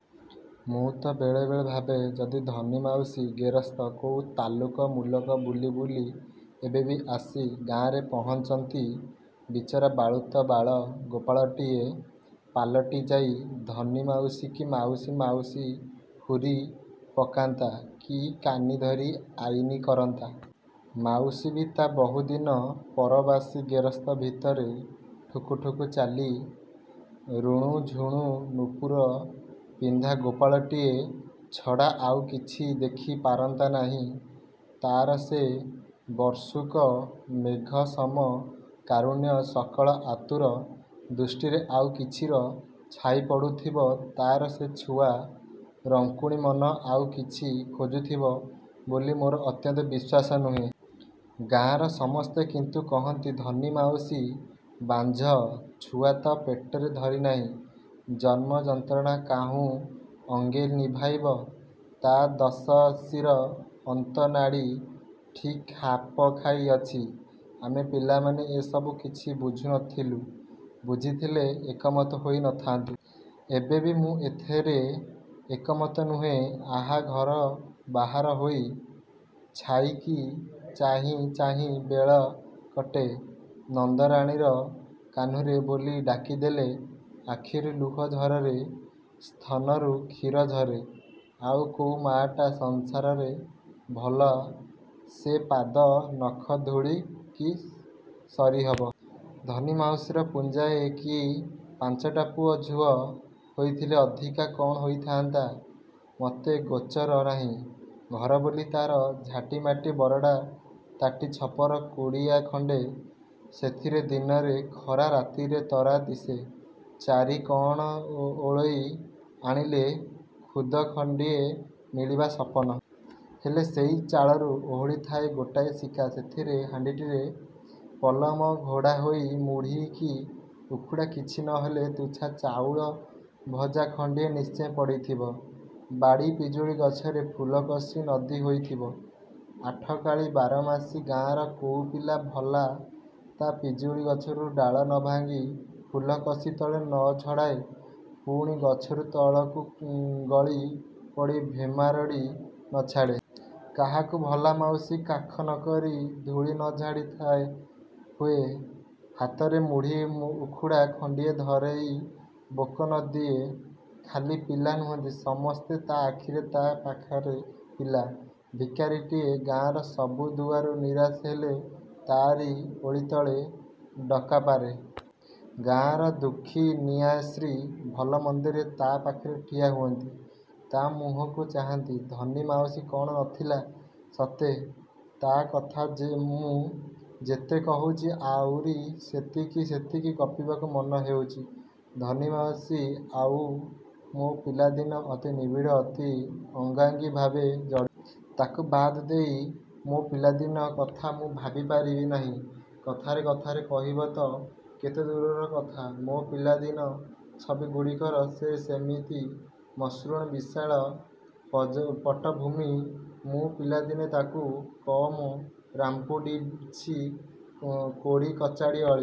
ମୁଁ ତ ବେଳେ ବେଳେ ଭାବେ ଯଦି ଧନୀ ମାଉସୀ ଗେରସ୍ତ କୋଉ ତାଲୁକ ମୁଲକ ବୁଲି ବୁଲି ଏବେ ବି ଆସି ଗାଁ'ରେ ପହଞ୍ଚନ୍ତି। ବିଚରା ବାଳୁତ ବାଳ ଗୋପାଳଟିଏ ପାଲଟି ଯାଇ ଧନୀ ମାଉସୀକି ମାଉସୀ ମାଉସୀ ହୁରି ପକାନ୍ତା କି କାନି ଧରି ଆଇନି କରନ୍ତା। ମାଉସୀ ବି ତା' ବହୁଦିନ ପରବାସି ଗେରସ୍ତ ଭିତରେ ଠୁକୁ ଠୁକୁ ଚାଲି ରୁଣୁ ଝୁଣୁ ନୂପୂର ପିନ୍ଧା ଗୋପାଳଟିଏ ଛଡ଼ା ଆଉ କିଛି ଦେଖି ପାରନ୍ତା ନାହିଁ। ତା'ର ସେ ବର୍ଷୁକ ମେଘସମ କାରୁଣ୍ୟ ସକଳ ଆତୁର ଦୃଷ୍ଟିରେ ଆଉ କିଛିର ଛାଇ ପଡ଼ୁଥିବ ତା'ର ସେ ଛୁଆ ରଙ୍କୁଣୀ ମନ ଆଉ କିଛି ଖୋଜୁଥିବ ବୋଲି ମୋର ଅତ୍ୟନ୍ତ ବିଶ୍ୱାସ ନୁହେଁ। ଗାଁ'ର ସମସ୍ତେ କିନ୍ତୁ କହନ୍ତି ଧନୀ ମାଉସୀ ବାଂଝ। ଛୁଆ ତ ପେଟରେ ଧରି ନାହିଁ– ଜନ୍ମ ଯନ୍ତ୍ରଣା କାହୁଁ ଅଙ୍ଗେ ନିଭେଇବ। ତା' ଦଶଶିର ଅନ୍ତ ନାଡ଼ି ଠିକ୍ ଖାପ୍ ଖାଇ ଅଛି। ଆମେ ପିଲାମାନେ ଏସବୁ କିଛି ବୁଝୁ ନଥିଲୁ ବୁଝିଥିଲେ ଏକ ମତ ହୋଇ ନଥା'ନ୍ତୁ। ଏବେ ବି ମୁଁ ଏଥିରେ ଏକ ମତ ନୁହେଁ ଆହା ଘର ବାହାର ହୋଇ। ଛାଈକି ଚାହିଁ ଚାହିଁ ବେଳ କଟେ ନନ୍ଦରାଣୀର କାହ୍ନୁରେ ବୋଲି ଡାକିଦେଲେ ଆଖିରୁ ଲୁହ ଝରେ, ସ୍ତନରୁ କ୍ଷୀର ଝରେ-। ଆଉ କୋଉ ମାଆଟା ସଂସାରରେ ଭଲା ସେ ପାଦ ନଖ ଧୂଳି କି ସରିହବ। ଧନୀ ମାଉସୀର ପୁଞ୍ଜାଏ କି ପାଞ୍ଚଟା ପୁଅ ଝୁଅ ହେଇଥିଲେ ଅଧିକା କ'ଣ ହୋଇଥା'ନ୍ତା ମତେ ଗୋଚର ନାହିଁ। ଘର ବୋଲି ତା'ର ଝାଟିମାଟି ବରଡ଼ା ତାଟି ଛପର କୁଡ଼ିଆ ଖଣ୍ଡେ। ସେଥିରେ ଦିନରେ ଖରା ରାତିରେ ତରା ଦିଶେ। ଚାରି କ'ଣ ଓଳେଇ ଆଣିଲେ ଖୁଦଗଣ୍ଡିଏ ମିଳିବା ସପନ। ହେଲେ ସେଇ ଚାଳରୁ ଓହଳି ଥାଏ ଗୋଟାଏ ଶିକା। ସେଥିରେ ହାଣ୍ଡିଟିରେ ପଲମ ଘୋଡ଼ା ହୋଇ ମୁଢ଼ି କି ଉଖୁଡ଼ା କିଛି ନ ହେଲେ ତୁଚ୍ଛା ଚାଉଳ ଭଜା ଖଣ୍ଡିଏ ନିଶ୍ଚେ ପଡ଼ିଥିବ। ବାଡ଼ି ପିଜୁଳି ଗଛରେ ଫୁଲକସି ନଦି ହେଇଥିବ ଆଠକାଳି ବାରମାସୀ। ଗାଁ'ର କୋଉ ପିଲା ଭଲା ତା' ପିଜୁଳି ଗଛରୁ ଡାଳ ନଭାଙ୍ଗି ଫୁଲକସି ତଳେ ନଝଡ଼ାଏ, ପୁଣି ଗଛରୁ ତଳକୁ ଗଳି ପଡ଼ି ଭେମାରଡ଼ି ନଛାଡ଼େ? କାହାକୁ ଭଲା ମାଉସୀ କାଖ ନକରି ଧୂଳି ନ ଝାଡ଼ି ଥୟ ହୁଏ? ହାତରେ ମୁଢ଼ି ଉଖୁଡ଼ା ଗଣ୍ଡିଏ ଧରେଇ ବୋକ ନଦିଏ। ଖାଲି ପିଲା ନୁହଁନ୍ତି ସମସ୍ତେ ତା' ଆଖିରେ, ତା' ପାଖରେ ପିଲା। ଭିକାରିଟିଏ ଗାଁ'ର ସବୁ ଦୁଆରୁ ନିରାଶ ହେଲେ ତା'ରି ଓଳିତଳେ ଡକାପାରେ। ଗାଁର ଦୁଃଖୀ ନିଆଶ୍ରୀ ଭଲ ମନ୍ଦରେ ତା' ପାଖରେ ଠିଆ ହୁଅନ୍ତି ତା' ମୁହଁକୁ ଚାହାଁନ୍ତି। ଧନୀ ମାଉସୀ କ'ଣ ନଥିଲା ସତେ? ତା' କଥା ମୁଁ ଯେତେ କହୁଚି ଆଉରି ସେତିକି ସେତିକି ଗପିବାକୁ ମନ ହେଉଛି। ଧନୀ ମାଉସୀ ଆଉ ମୋ ପିଲାଦିନ ଅତି ନିବିଡ଼ ଅତି ଅଙ୍ଗାଙ୍ଗୀ ଭାବେ ଜଡ଼ିତ। ତାକୁ ବାଦ ଦେଇ ମୋ ପିଲାଦିନ କଥା ମୁଁ ଭାବି ପାରିବି ନାହିଁ। କଥାରେ କଥାରେ କହିବା ତ କେତେ ଦୂରର କଥା। ମୋ ପିଲାଦିନ ଛବି ଗୁଡ଼ିକର ସେ ଯେମିତି ମସୃଣ ବିଶାଳ ପଟ୍ଟଭୂମି। ମୁଁ ପିଲାଦିନେ ତାକୁ କମ୍ ରାମ୍ପୁଡ଼ିଛି କୋଡ଼ି କଚାଡ଼ି ଅଳି